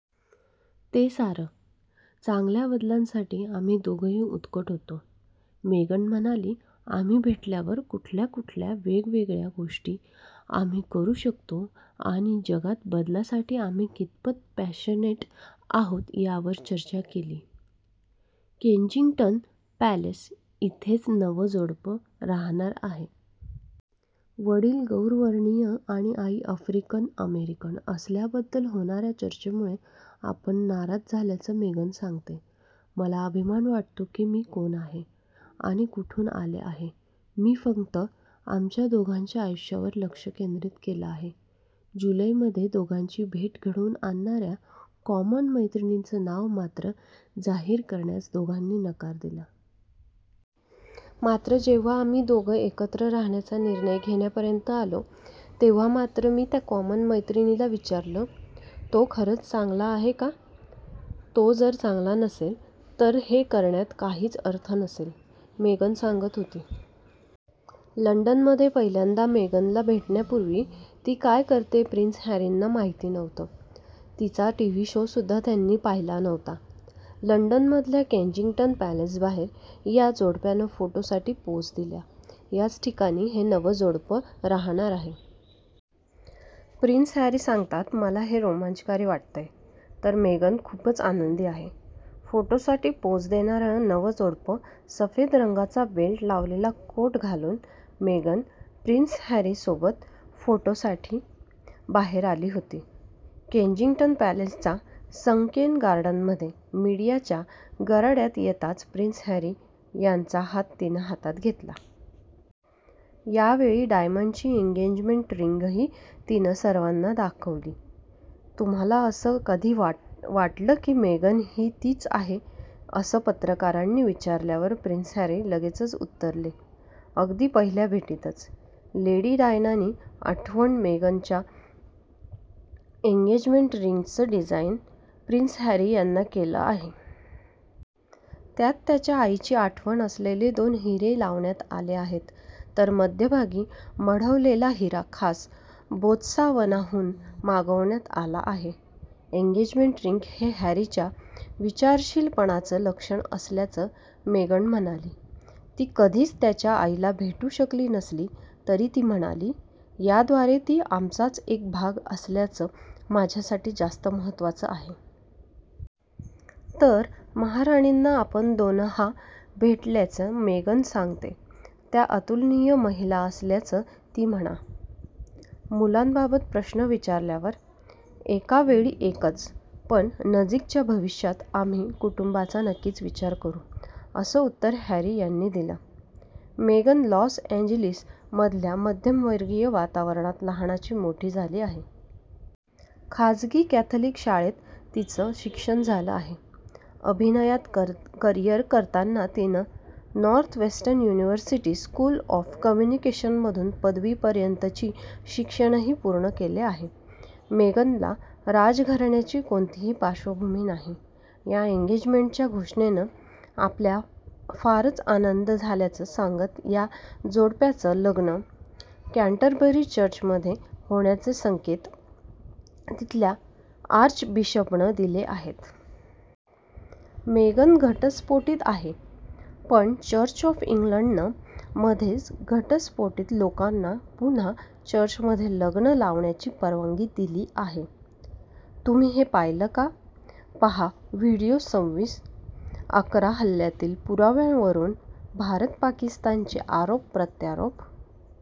ते सारं. चांगल्या बदलासाठी आम्ही दोघंही उत्कट होतो. मेगन म्हणाली आम्ही भेटल्यावर कुठल्या कुठल्या वेगवेगळ्या गोष्टी आम्ही करू शकतो आणि जगात बदलासाठी आम्ही कितपत पॅशनेट आहोत यावर चर्चा केली. केंजिंग्टन पॅलेस: इथेच नवं जोडपं राहणार आहे. वडील गौरवर्णीय आणि आई आफ्रिकन-अमेरिकन असल्याबद्दल होणाऱ्या चर्चेमुळे आपण नाराज झाल्याचं मेगन सांगते. मला अभिमान वाटतो की मी कोण आहे आणि कुठून आले आहेमी फक्त आमच्या दोघांच्या आयुष्यावर लक्ष केंद्रीत केलं आहे. जुलै मध्ये दोघांची भेट घडवून आणणाऱ्या कॉमन मैत्रीणीचं नाव मात्र जाहीर करण्यास दोघांनी नकार दिला. मात्र जेव्हा आम्ही दोघं एकत्र राहण्याचा निर्णय घेण्यापर्यंत आलो तेव्हा मात्र मी त्या कॉमन मैत्रिणीला विचारलं तो खरंच चांगला आहे का? तो जर चांगला नसेल तर हे करण्यात काहीच अर्थ नसेल. मेगन सांगत होती. लंडनमध्ये पहिल्यांदा मेगनला भेटण्यापूर्वी ती काय करते प्रिन्स हॅरींना माहिती नव्हतं. तिचा टीव्ही शो सुद्धा त्यांनी पाहिला नव्हता. लंडनमधल्या केंजिंग्टन पॅलेसबाहेर या जोडप्यानं फोटोसाठी पोज दिल्या. याच ठिकाणी हे नवं जोडपं राहणार आहे. प्रिन्स हॅरी सांगतात, मला हे रोमांचकारी वाटतयं. तर मेगन खूपच आनंदी आहे. फोटोसाठी पोज देणारं नवं जोडपं सफेद रंगांचा बेल्ट लावलेला कोट घालून मेगन प्रिन्स हॅरी सोबत फोटोग्राफीसाठी बाहेर आली होती. केंजिंग्टन पॅलेसच्या संकेन गार्डनमध्ये मीडियाच्या गराड्यात येताच प्रिन्स हॅरी यांचा हात तिनं हातात घेतला. यावेळी डायमंडची एंगेजमेंट रिंगही तिनं सर्वांना दाखवली. तुम्हाला असं कधी वाटलं की मेगन ही तीच आहे असं पत्रकारानं विचारल्यावर प्रिन्स हॅरी लगेचच उत्तरले अगदी पहिल्या भेटीतच. लेडी डायनाची आठवण मेगनच्या एंगेजमेंट रिंगचं डिझाईन प्रिन्स हॅरी यांनी केलं आहे. त्यात त्याच्या आईची आठवण असलेले दोन हिरे लावण्यात आले आहेत. तर मध्यभागी मढवलेला हिरा खास बोत्सवानाहून मागवण्यात आला आहे. एंगेजमेंट रिंग हे हॅरीच्या विचारशीलपणाचं लक्षण असल्याचं मेगन म्हणाली. ती कधीच त्यांच्या आईला भेटू शकली नसली तरी ती म्हणाली, याद्वारे ती आमचाच एक भाग असल्याचं माझ्यासाठी जास्त महत्वाचं आहे. तर महाराणींना आपण दोनहा भेटल्याचं मेगन सांगते. त्या अतुलनीय महिला असल्याचं ती म्हणा. मुलांबाबत प्रश्न विचारल्यावर "एकावेळी एकच. पण, नजीकच्या भविष्यात आम्ही कुटुंबाचा नक्कीच विचार करू. असं उत्तर हॅरी यांनी दिलं. मेगन लॉस एंजेलिसमधल्या मध्यमवर्गीय वातावरणात लहानाची मोठी झाली आहे. खाजगी कॅथलिक शाळेत तिचं शिक्षण झालं आहे. अभिनयात करिअर करताना तिनं नॉर्थवेस्टर्न युनिर्व्हसिटी स्कूल ऑफ कम्युनिकेशनमधून पदवीपर्यंतची शिक्षणही पूर्ण केलं आहे. मेगनला राजघराण्याची कोणतीही पार्श्वभूमी नाही. या एंगेजमेंटच्या घोषणानं आपल्या फारच आनंद झाल्याचं सांगत या जोडप्याचं लग्न कँटरबरी चर्चमध्ये होण्याचे संकेत तिथल्या आर्चबिशपनं दिले आहेत. मेगन घटस्फोटीत आहे. पण, चर्च ऑफ इंग्लडनं मध्येच घटस्फोटीत लोकांना पुन्हा चर्चमध्ये लग्न लावण्याची परवानगी दिली आहे. तुम्ही हे पाहिलं का? पाहा व्हीडिओ संविस / अकरा हल्ल्यातील पुराव्यांवरून भारत-पाकिस्तानचे आरोप प्रत्यारोप